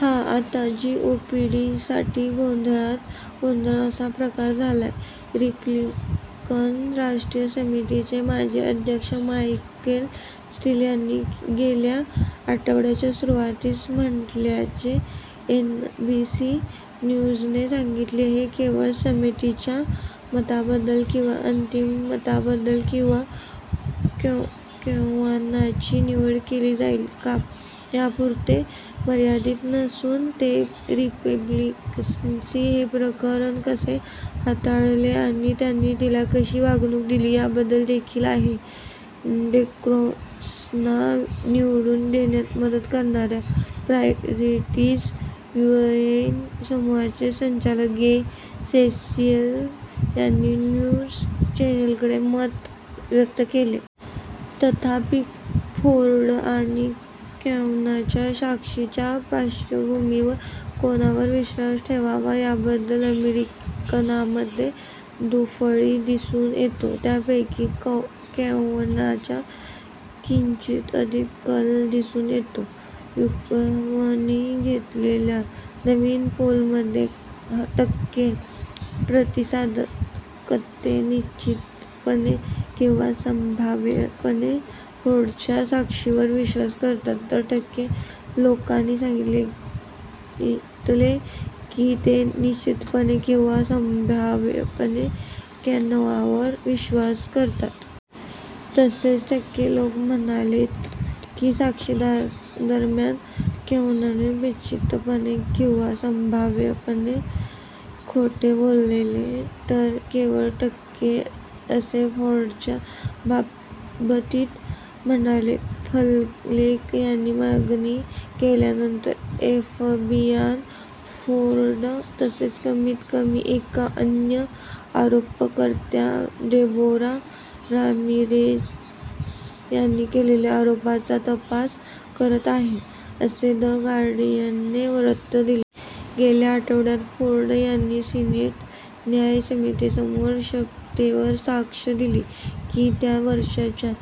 "हा आता जीओपीसाठी गोंधळात गोंधळ असा प्रकार झालाय," रिपब्लिकन राष्ट्रीय समितीचे माजी अध्यक्ष, मायकेल स्टील यांनी गेल्या आठवड्याच्या सुरुवातीस म्हटल्याचे एनबीसी न्यूजने सांगितले. "हे केवळ समितीच्या मताबद्दल किंवा अंतिम मताबद्दल किंवा कॅवानॉची निवड केली जाईल का यापुरते मर्यादित नसून, ते रिपब्लिकन्सनी हे प्रकरण कसे हाताळले आणि त्यांनी तिला कशी वागणूक दिली याबद्दल देखील आहे," डेमॉक्रॅट्सना निवडून देण्यात मदत करणाऱ्या प्रायॉरिटिज युएसए समूहाचे संचालक, गे सेसिल यांनी न्यूज चॅनेलकडे मत व्यक्त केले. तथापि, फोर्ड आणि कॅवानॉच्या साक्षींच्या पार्श्वभूमीवर, कोणावर विश्वास ठेवावा याबद्दल अमेरिकनांमध्ये दुफळी दिसून येतो, त्यापैकी कॅवानॉच्या किंचित अधिक कल दिसून येतो. युगव्हनी घेतलेल्या नवीन पोलमध्ये टक्के प्रतिसादकर्ते निश्चितपणे किंवा संभाव्यपणे फोर्डच्या साक्षीवर विश्वास करतात तर, टक्के लोकांनी सांगितले की ते निश्चितपणे किंवा संभाव्यपणे कॅवानॉवर विश्वास करतात. तसेच, टक्के लोक म्हणालेत की साक्षीदरम्यान कॅवानॉ निश्चितपणे किंवा संभाव्यपणे खोटे बोलले तर, केवळ टक्के असे फोर्डच्या बाबतीत म्हणाले. फ्लेक यांनी मागणी केल्यानंतर, एफबीआय फोर्ड तसेच कमीत कमी एका अन्य आरोपकर्त्या डेबोरा रामिरेझ यांनी केलेल्या आरोपांचा तपास करत आहे, असे द गार्डियनने वृत्त दिले. गेल्या आठवड्यात फोर्ड यांनी सिनेट न्याय समितीसमोर शपथेवर साक्ष दिली की त्या वर्षांच्या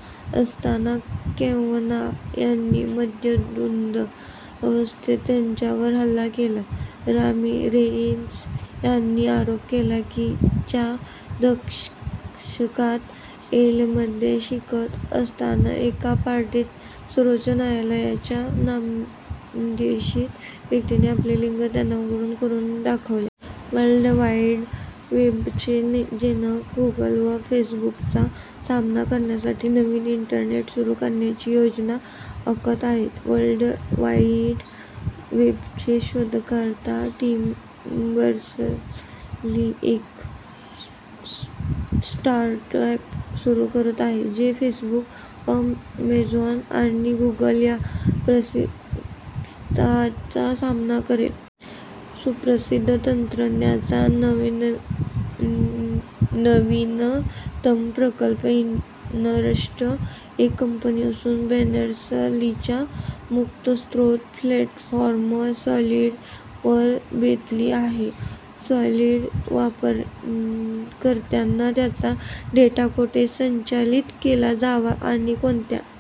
असताना कॅवानॉ यांनी मद्यधुंद अवस्थेत त्यांच्यावर हल्ला केला. रामिरेझ यांनी आरोप केला की च्या दशकात येलमध्ये शिकत असताना एका पार्टीत सर्वोच्च न्यायालयाच्या नामनिर्देशित व्यक्तीने आपले लिंग त्यांना उघड करून दाखवले. वर्ल्ड वाइड वेबचे जनक गुगल व फेसबुकचा सामना करण्यासाठी नवीन इंटरनेट सुरु करण्याची योजना आखत आहेत वर्ल्ड वाइड वेबचे शोधकर्ता टिम बर्नर्स-ली एक स्टार्टअप सुरु करत आहे जे फेसबुक, अॅमेझॉन आणि गुगल या प्रतिस्पर्ध्यांचा सामना करेल. सुप्रसिद्ध तंत्रज्ञाचा नवीनतम प्रकल्प, 'इनरप्ट', एक कंपनी असून बर्नर्स-लीच्या मुक्त स्रोत प्लॅटफॉर्म 'सॉलिड' वर बेतली आहे. सॉलिड वापरकर्त्यांना त्यांचा डेटा कोठे संचयित केला जावा आणि कोणत्या